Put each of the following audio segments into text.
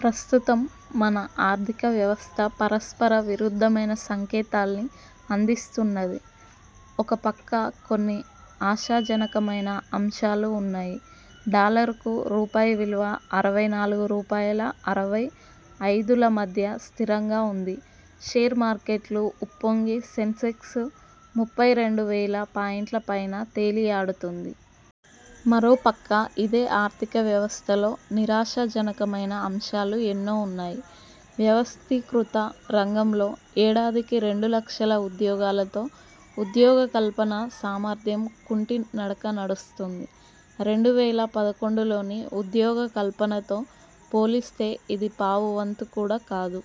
ప్రస్తుతం మన ఆర్థిక వ్యవస్థ పరస్పర విరుద్ధమైన సంకేతాల్ని అందిస్తున్నది. ఒక పక్క కొన్ని ఆశాజనక మైన అంశాలు ఉన్నాయి. డాలరుకు రూపాయి విలువ అరవై నాలుగు రూపాయల అరవై ఐదులమధ్య స్థిరంగా ఉంది. షేర్ మార్కెట్లు ఉప్పొంగి సెన్సెక్స్ ముప్పై రెండు వేల పాయింట్ల పైన తేలియాడుతోంది. మరో పక్క ఇదే ఆర్థిక వ్యవస్థలో నిరాశాజనకమైన అంశాలూ ఎన్నో ఉన్నాయి. వ్యవస్థీకృత రంగంలో ఏడాదికి రెండు లక్షల ఉద్యోగాలతో ఉద్యోగ కల్పనా సామర్థ్యం కుంటి నడక నడుస్తోంది. రెండు వేల పదకొండులోని ఉద్యోగ కల్పనతో పోలిస్తే ఇది పావు వంతు కూడా కాదు.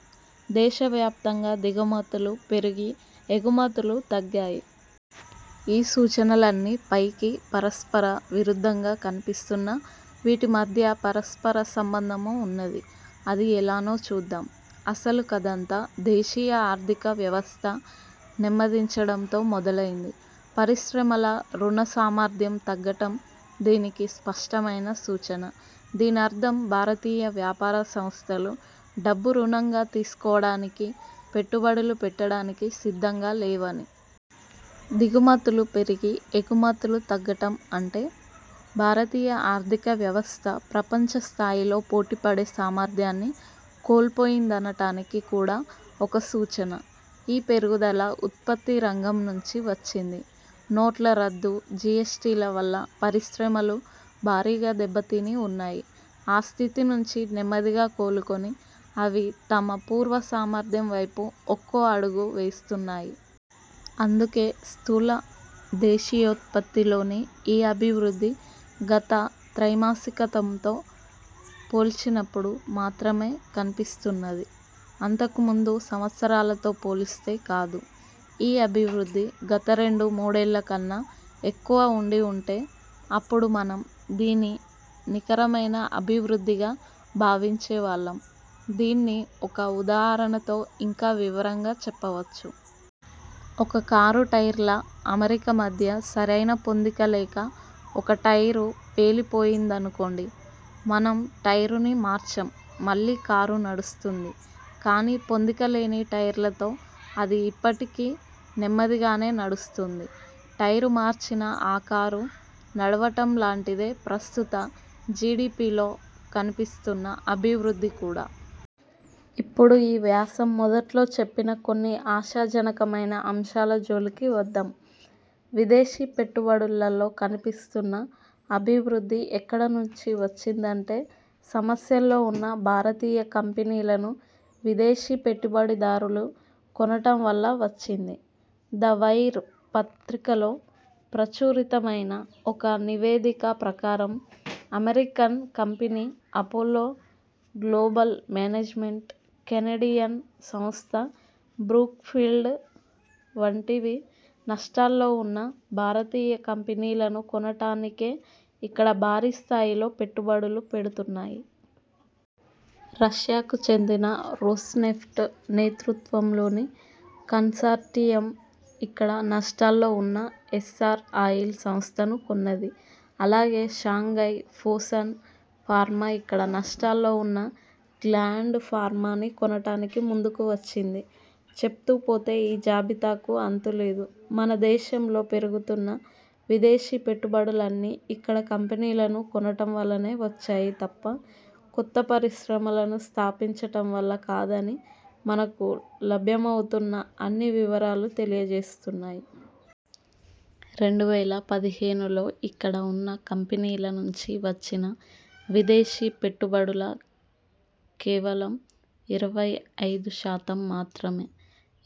దేశవ్యాప్తంగా దిగుమతులు పెరిగి, ఎగుమతులు తగ్గాయి. ఈ సూచనలన్నీ పైకి పరస్పర విరుద్ధంగా కనిపిస్తున్నా వీటి మధ్య పరస్పర సంబంధమూ ఉన్నది. అది ఎలానో చూద్దాం. అసలు కథంతా దేశీయ ఆర్థిక వ్యవస్థ నెమ్మదించడంతో మొదలైంది. పరిశ్రమల రుణ సామర్థ్యం తగ్గటం దీనికి స్పష్టమైన సూచన. దీనర్థం భారతీయ వ్యాపార సంస్థలు డబ్బు రుణంగా తీసుకోవటానికీ, పెట్టుబడులు పెట్టడానికీ సిద్ధంగా లేవని. దిగుమతులు పెరిగి, ఎగుమతులు తగ్గటం అంటే భారతీయ ఆర్థిక వ్యవస్థ ప్రపంచ స్థాయిలో పోటీపడే సామర్థ్యాన్ని కోల్పోయిందనటానికి కూడా ఒక సూచన. ఈ పెరుగుదల ఉత్పత్తి రంగం నుంచి వచ్చింది. నోట్ల రద్దు, జీఎస్టీల వల్ల పరిశ్రమలు భారీగా దెబ్బతిని వున్నాయి. ఆ స్థితి నుంచి నెమ్మదిగా కోలుకొని అవి తమ పూర్వ సామర్థ్యం వైపు ఒక్కో అడుగూ వేస్తున్నాయి. అందుకే స్థూల దేశీయోత్పత్తిలోని ఈ అభివృద్ధి గత త్రైమాసికంతో పోల్చినప్పుడు మాత్రమే కనిపిస్తున్నది, అంతకు ముందు సంవత్సరాలతో పోలిస్తే కాదు. ఈ అభివృద్ధి గత రెండు మూడేళ్ళ కన్నా ఎక్కువ వుండి వుంటే అప్పుడు మనం దీన్నినికరమైన అభివృద్ధిగా భావించేవాళ్ళం. దీన్ని ఒక ఉదాహరణతో ఇంకా వివరంగా చెప్పవచ్చు. ఒక కారు టైర్ల అమరిక మధ్య సరైన పొందిక లేక ఒక టైరు పేలిపోయిందనుకోండి. మనం టైరుని మార్చాం, మళ్ళీ కారు నడుస్తుంది, కానీ పొందిక లేని టైర్లతో అది ఇప్పటికీ నెమ్మదిగానే నడుస్తోంది. టైరు మార్చిన ఆ కారు నడవటం లాంటిదే ప్రస్తుత జీడిపీలో కనిపిస్తున్న అభివృద్ధి కూడా. ఇప్పుడు ఈ వ్యాసం మొదట్లో చెప్పిన కొన్ని ఆశాజనకమైన అంశాల జోలికి వద్దాం. విదేశీ పెట్టుబడులలో కనిపిస్తున్న అభివృద్ధి ఎక్కడ నుంచి వచ్చిందంటే సమస్యల్లో ఉన్న భారతీయ కంపెనీలను విదేశీ పెట్టుబడిదారులు కొనటం వల్ల వచ్చింది. 'ద వైర్' పత్రికలో ప్రచురితమైన ఒక నివేదిక ప్రకారం American company Apollo Global Management, Canadian సంస్థ బ్రూక్ఫీల్డ్ వంటివి నష్టాల్లోవున్న భారతీయ కంపెనీలను కొనటానికే ఇక్కడ భారీ స్థాయిలో పెట్టుబడులు పెడుతున్నాయి. రష్యాకు చెందిన రోస్నెఫ్ట్ నేతృత్వంలోని కన్సార్టియమ్ ఇక్కడ నష్టాల్లో ఉన్న ఎస్సార్ ఆయిల్ సంస్థను కొన్నది. అలాగే షాంఘై ఫోసన్ ఫార్మా ఇక్కడ నష్టాల్లో వున్న గ్లాండ్ ఫార్మాని కొనటానికి ముందుకు వచ్చింది. చెప్తూ పోతే ఈ జాబితాకు అంతు లేదు. మన దేశంలో పెరుగుతున్న విదేశీ పెట్టుబడులన్నీ ఇక్కడ కంపెనీలను కొనటం వల్లనే వచ్చాయి తప్ప, కొత్త పరిశ్రమలను స్థాపించటం వల్ల కాదని మనకు లభ్యమవుతున్న అన్ని వివరాలూ తెలియ జేస్తున్నాయి. రెండు వేల పదిహేనులో ఇక్కడ ఉన్న కంపెనీల నుంచి వచ్చిన విదేశీ పెట్టుబడులు కేవలం ఇరవై ఐదు శాతం మాత్రమే.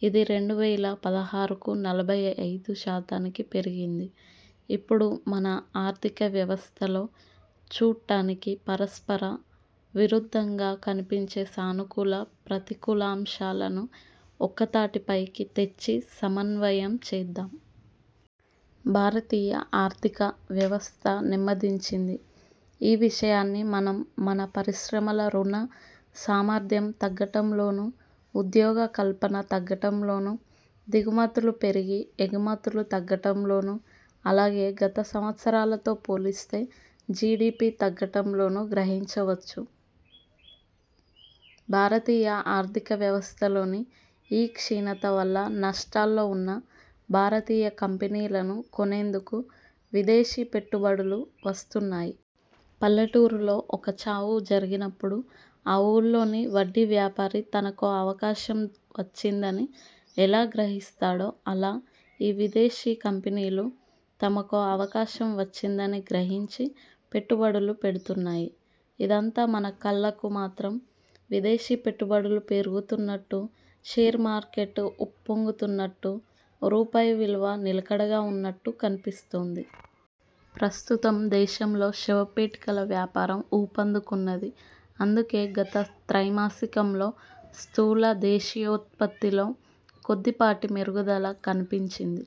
ఇది రెండు వేల పదహారుకు నలభై ఐదు శాతానికి పెరిగింది. ఇప్పుడు మన ఆర్థిక వ్యవస్థలో చూట్టానికి పరస్పర విరుద్ధంగా కనిపించే సానుకూల ప్రతికూలాంశాలను ఒక్కతాటి పైకి తెచ్చి సమన్వయం చేద్దాం. భారతీయ ఆర్థిక వ్యవస్థ నెమ్మదించింది. ఈ విషయాన్ని మనం మన పరిశ్రమల రుణ సామర్థ్యం తగ్గటంలోను, ఉద్యోగ కల్పన తగ్గటంలోను, దిగుమతులు పెరిగి ఎగుమతులు తగ్గటంలోను, అలాగే గత సంవత్సరాలతో పోలిస్తే జీడీపీ తగ్గటంలోను గ్రహించవచ్చు. భారతీయ ఆర్థిక వ్యవస్థలోని ఈ క్షీణత వల్ల నష్టాల్లో ఉన్న భారతీయ కంపెనీలను కొనేందుకు విదేశీ పెట్టుబడులు వస్తున్నాయి. పల్లెటూరిలో ఒక చావు జరిగినప్పుడు ఆ ఊళ్లోని వడ్డీ వ్యాపారి తనకో అవకాశం వచ్చిందని ఎలా గ్రహిస్తాడో, అలా ఈ విదేశీ కంపెనీలు తమకో అవకాశం వచ్చిందని గ్రహించి పెట్టుబడులు పెడుతున్నాయి. ఇదంతా మన కళ్ళకు మాత్రం విదేశీ పెట్టుబడులు పెరుగుతున్నట్టూ, షేర్ మార్కెట్ ఉప్పొంగుతున్నట్టూ, రూపాయి విలువ నిలకడగా ఉన్నట్టూ కనిపిస్తోంది. ప్రస్తుతం దేశంలో శవపేటికల వ్యాపారం ఊపందుకున్నది, అందుకే గత త్రైమాసికంలో స్థూల దేశీయోత్పత్తిలో కొద్దిపాటి మెరుగుదల కనిపించింది.